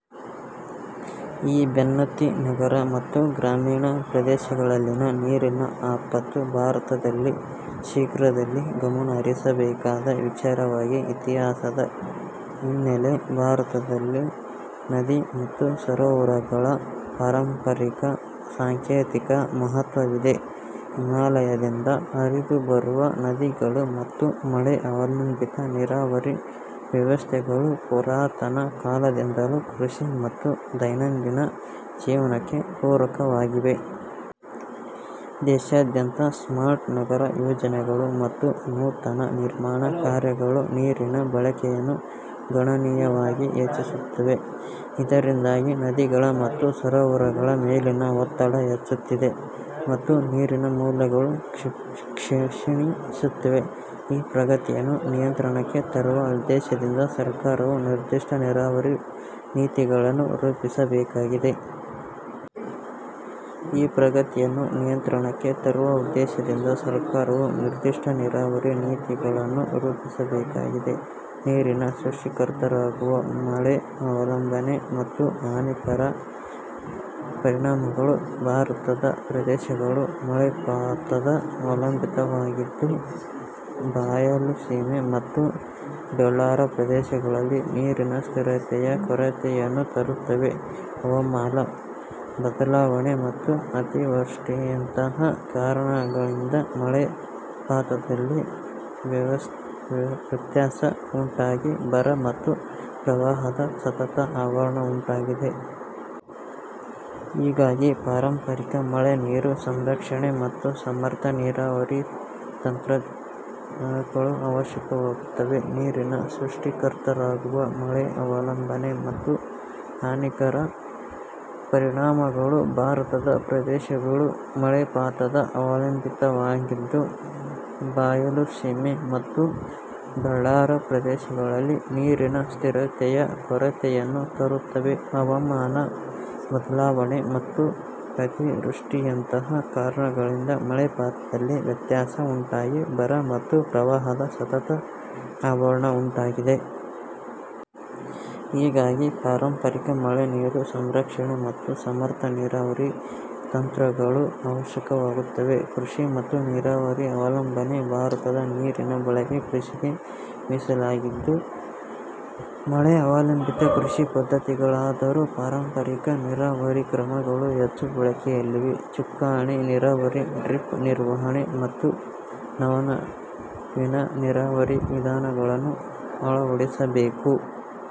ಈ ಬೆನ್ನತ್ತಿ, ನಗರ ಮತ್ತು ಗ್ರಾಮೀಣ ಪ್ರದೇಶಗಳಲ್ಲಿನ ನೀರಿನ ಆಪತ್ತು ಭಾರತದಲ್ಲಿ ಶೀಘ್ರದಲ್ಲಿ ಗಮನಹರಿಸಬೇಕಾದ ವಿಚಾರವಾಗಿದೆ. ಇತಿಹಾಸದ ಹಿನ್ನಲೆ ಭಾರತದಲ್ಲಿ ನದಿ ಮತ್ತು ಸರೋವರಗಳ ಪಾರಂಪರಿಕ ಸಾಂಕೇತಿಕ ಮಹತ್ವವಿದೆ. ಹಿಮಾಲಯದಿಂದ ಹರಿದು ಬರುವ ನದಿಗಳು ಮತ್ತು ಮಳೆ ಅವಲಂಬಿತ ನೀರಾವರಿ ವ್ಯವಸ್ಥೆಗಳು ಪುರಾತನ ಕಾಲದಿಂದಲೂ ಕೃಷಿ ಮತ್ತು ದೈನಂದಿನ ಜೀವನಕ್ಕೆ ಪೂರಕವಾಗಿವೆ. ದೇಶಾದ್ಯಂತ ಸ್ಮಾರ್ಟ್ ನಗರ ಯೋಜನೆಗಳು ಮತ್ತು ನೂತನ ನಿರ್ಮಾಣ ಕಾರ್ಯಗಳು ನೀರಿನ ಬಳಕೆಯನ್ನು ಗಣನೀಯವಾಗಿ ಹೆಚ್ಚಿಸುತ್ತಿವೆ. ಇದರಿಂದಾಗಿ ನದಿಗಳ ಮತ್ತು ಸರೋವರಗಳ ಮೇಲಿನ ಒತ್ತಡ ಹೆಚ್ಚುತ್ತಿದೆ, ಮತ್ತು ನೀರಿನ ಮೂಲಗಳು ಕ್ಷೀಣಿಸುತ್ತಿವೆ. ಈ ಪ್ರಗತಿಯನ್ನು ನಿಯಂತ್ರಣಕ್ಕೆ ತರುವ ಉದ್ದೇಶದಿಂದ ಸರಕಾರವು ನಿರ್ದಿಷ್ಟ ನೀರಾವರಿ ನೀತಿಗಳನ್ನು ರೂಪಿಸಬೇಕಾಗಿದೆ. ಈ ಪ್ರಗತಿಯನ್ನು ನಿಯಂತ್ರಣಕ್ಕೆ ತರುವ ಉದ್ದೇಶದಿಂದ ಸರಕಾರವು ನಿರ್ದಿಷ್ಟ ನೀರಾವರಿ ನೀತಿಗಳನ್ನು ರೂಪಿಸಬೇಕಾಗಿದೆ. ನೀರಿನ ಸೃಷ್ಟಿಕರ್ತರಾಗುವ ಮಳೆ ಅವಲಂಬನೆ ಮತ್ತು ಹಾನಿಕಾರಕ ಪರಿಣಾಮಗಳು ಭಾರತದ ಪ್ರದೇಶಗಳು ಮಳೆಪಾತದ ಅವಲಂಬಿತವಾಗಿದ್ದು, ಬಾಯಲುಸೀಮೆ ಮತ್ತು ಬೆಳ್ಳಾರ ಪ್ರದೇಶಗಳಲ್ಲಿ ನೀರಿನ ಸ್ಥಿರತೆಯ ಕೊರತೆಯನ್ನು ತರುತ್ತವೆ. ಹವಾಮಾನ ಬದಲಾವಣೆ ಮತ್ತು ಅತಿವೃಷ್ಟಿಯಂತಹ ಕಾರಣಗಳಿಂದ ಮಳೆಪಾತದಲ್ಲಿ ವ್ಯತ್ಯಾಸ ಉಂಟಾಗಿ ಬರ ಮತ್ತು ಪ್ರವಾಹದ ಸತತ ಆವರಣವುಂಟಾಗಿದೆ. ಹೀಗಾಗಿ, ಪಾರಂಪರಿಕ ಮಳೆನೀರು ಸಂರಕ್ಷಣೆ ಮತ್ತು ಸಮರ್ಥ ನೀರಾವರಿ ತಂತ್ರಗಳು ಅವಶ್ಯವಾಗುತ್ತವೆ. ನೀರಿನ ಸೃಷ್ಟಿಕರ್ತರಾಗುವ ಮಳೆ ಅವಲಂಬನೆ ಮತ್ತು ಹಾನಿಕಾರಕ ಪರಿಣಾಮಗಳು ಭಾರತದ ಪ್ರದೇಶಗಳು ಮಳೆಪಾತದ ಅವಲಂಬಿತವಾಗಿದ್ದು, ಬಾಯಲುಸೀಮೆ ಮತ್ತು ಬೆಳ್ಳಾರ ಪ್ರದೇಶಗಳಲ್ಲಿ ನೀರಿನ ಸ್ಥಿರತೆಯ ಕೊರತೆಯನ್ನು ತರುತ್ತವೆ. ಹವಾಮಾನ ಬದಲಾವಣೆ ಮತ್ತು ಅತಿವೃಷ್ಟಿಯಂತಹ ಕಾರಣಗಳಿಂದ ಮಳೆಪಾತದಲ್ಲಿ ವ್ಯತ್ಯಾಸ ಉಂಟಾಗಿ ಬರ ಮತ್ತು ಪ್ರವಾಹದ ಸತತ ಆವರಣವುಂಟಾಗಿದೆ. ಹೀಗಾಗಿ, ಪಾರಂಪರಿಕ ಮಳೆನೀರು ಸಂರಕ್ಷಣೆ ಮತ್ತು ಸಮರ್ಥ ನೀರಾವರಿ ತಂತ್ರಗಳು ಅವಶ್ಯವಾಗುತ್ತವೆ. ಕೃಷಿ ಮತ್ತು ನೀರಾವರಿ ಅವಲಂಬನೆ ಭಾರತದ ನೀರಿನ ಬಳಕೆ ಕೃಷಿಗೆ ಮೀಸಲಾಗಿದ್ದು, ಮಳೆ ಅವಲಂಬಿತ ಕೃಷಿ ಪದ್ಧತಿಗಳಾದರೂ ಪಾರಂಪರಿಕ ನೀರಾವರಿ ಕ್ರಮಗಳು ಹೆಚ್ಚು ಬಳಕೆಯಲ್ಲಿವೆ. ಚುಕ್ಕಾಣಿ ನೀರಾವರಿ, ಡ್ರಿಪ್ ನಿರ್ವಹಣೆ, ಮತ್ತು ನವನವೀನ ನೀರಾವರಿ ವಿಧಾನಗಳನ್ನು ಅಳವಡಿಸಬೇಕು.